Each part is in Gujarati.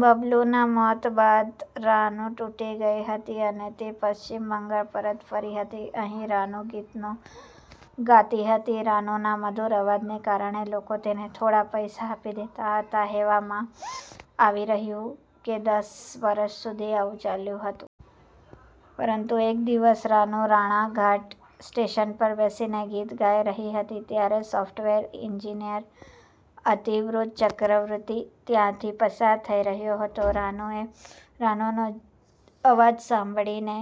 બબલૂના મોત બાદ રાનૂ તૂટી ગઈ હતી અને તે પશ્ચિમ બંગાળ પરત ફરી હતી. અહીં રાનૂ ગીતો ગાતી હતી. રાનૂના મધુર અવાજને કારણે લોકો તેને થોડાં પૈસા આપી દેતા હતા. હેવામાં આવી રહ્યું છે કે દસ વર્ષ સુધી આવું ચાલ્યું હતું. પરંતુ એક દિવસ રાનૂ રાણાઘાટ સ્ટેશન પર બેસીને ગીત ગાઈ રહી હતી ત્યારે સોફ્ટવેર એન્જીનિયર અતિન્દ્ર ચક્રવર્તી ત્યાંથી પસાર થઈ રહ્યો હતો. રાનૂનો અવાજ સાંભળીને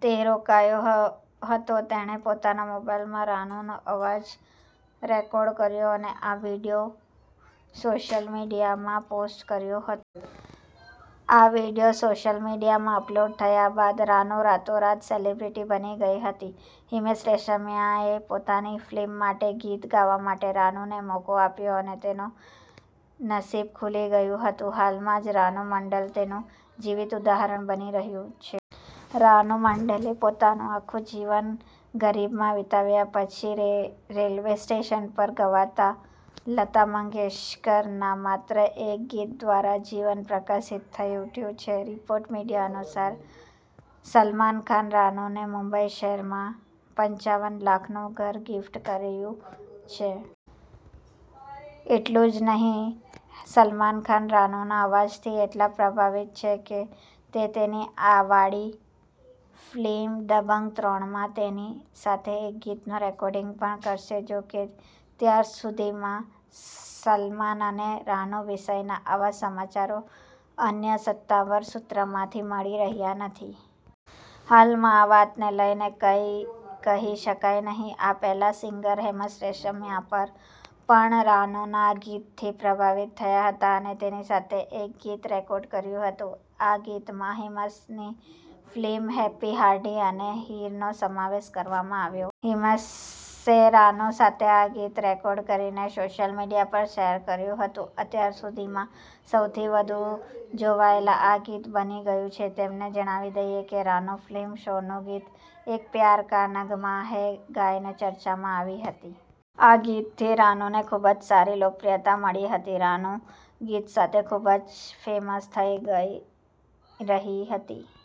તે રોકાયો હતો. તેણે પોતાના મોબાઇલમાં રાનૂનો અવાજ રેકોર્ડ કર્યો અને આ વીડિયો સોશિયલ મીડિયામાં પોસ્ટ કર્યો હતો. આ વીડિયો સોશિયલ મીડિયામાં અપલોડ થયા બાદ રાનૂ રાતોરાત સેલિબ્રિટી બની ગઈ હતી. હિમેશ રેશમિયાએ પોતાની ફિલ્મ માટે ગીત ગાવા માટે રાનૂને મોકો આપ્યો અને તેનો નસિબ ખુલી ગયું હતું. હાલમાં જ રાનું મંડળ તેનું જીવંત ઉદાહરણ બની રહીયું છે. રાનુ મંડળ એ પોતાનું આખું જીવન ગરીબમાં વિતાવ્યા પછી રેલવે સ્ટેશન ઉપર ગવાતા લતા મંગેશકર ના માત્ર એક ગીત દ્વારા જીવન પ્રકાશિત થઇ ઉઠ્યું છે. રિપોર્ટ મીડિયા અનુસાર, સલમાન ખાને રાનુ ને મુંબઈ શહેરમાં પંચાવન લાખનું ઘર ગિફ્ટ કરીયું છે. એટલું જ નહીં સલમાન ખાન રાનુના અવાજ થી એટલા પ્રભાવિત થયા છે કે તે તેની આ વાળી ફિલ્મ દબંગ ત્રણમાં તેની સાથે એક ગીતનું રેકોર્ડિંગ પણ કરશે. જોકે અત્યાર સુધીમાં સલમાન અને રાનું વિષયના આવા સમાચારો અન્ય સત્તાવાર સુત્રોમાંથી મળી રહ્યા નથી. હાલમાં આ વાતને લઇને કંઇ કહી શકાય નહીં. આ પહેલા સિંગર હિમેશ રેશમિયા પણ રાનુના ગીત થી પ્રભાવિત થયા હતા અને તેની સાથે એક ગીત રેકોર્ડ કર્યું હતું. આ ગીતમાં હિમેશની ફિલ્મ હેપી હાર્ડી અને હીર નો સમાવેશ કરવામાં આવ્યો છે. હીમેશે રાનુ સાથે આ ગીત રેકોર્ડ કરીને સોશિયલ મીડિયા પર શેર કર્યું હતું. અત્યાર સુધીમાં સૌથી વધુ જોવાયેલ આ ગીત બની ગયું છે. તમને જણાવી દઇએ કે રાનું ફિલ્મ શોર નું ગીત 'એક પ્યાર કા નગમાં હૈ' ગાઈને ચર્ચામાં આવી હતી. આ ગીત થી રાનુ ને ખૂબ જ સારી લોકપ્રિયતા મળી હતી. રાનુ ગીત સાથે ખૂબ જ ફેમસ થઈ રહી હતી.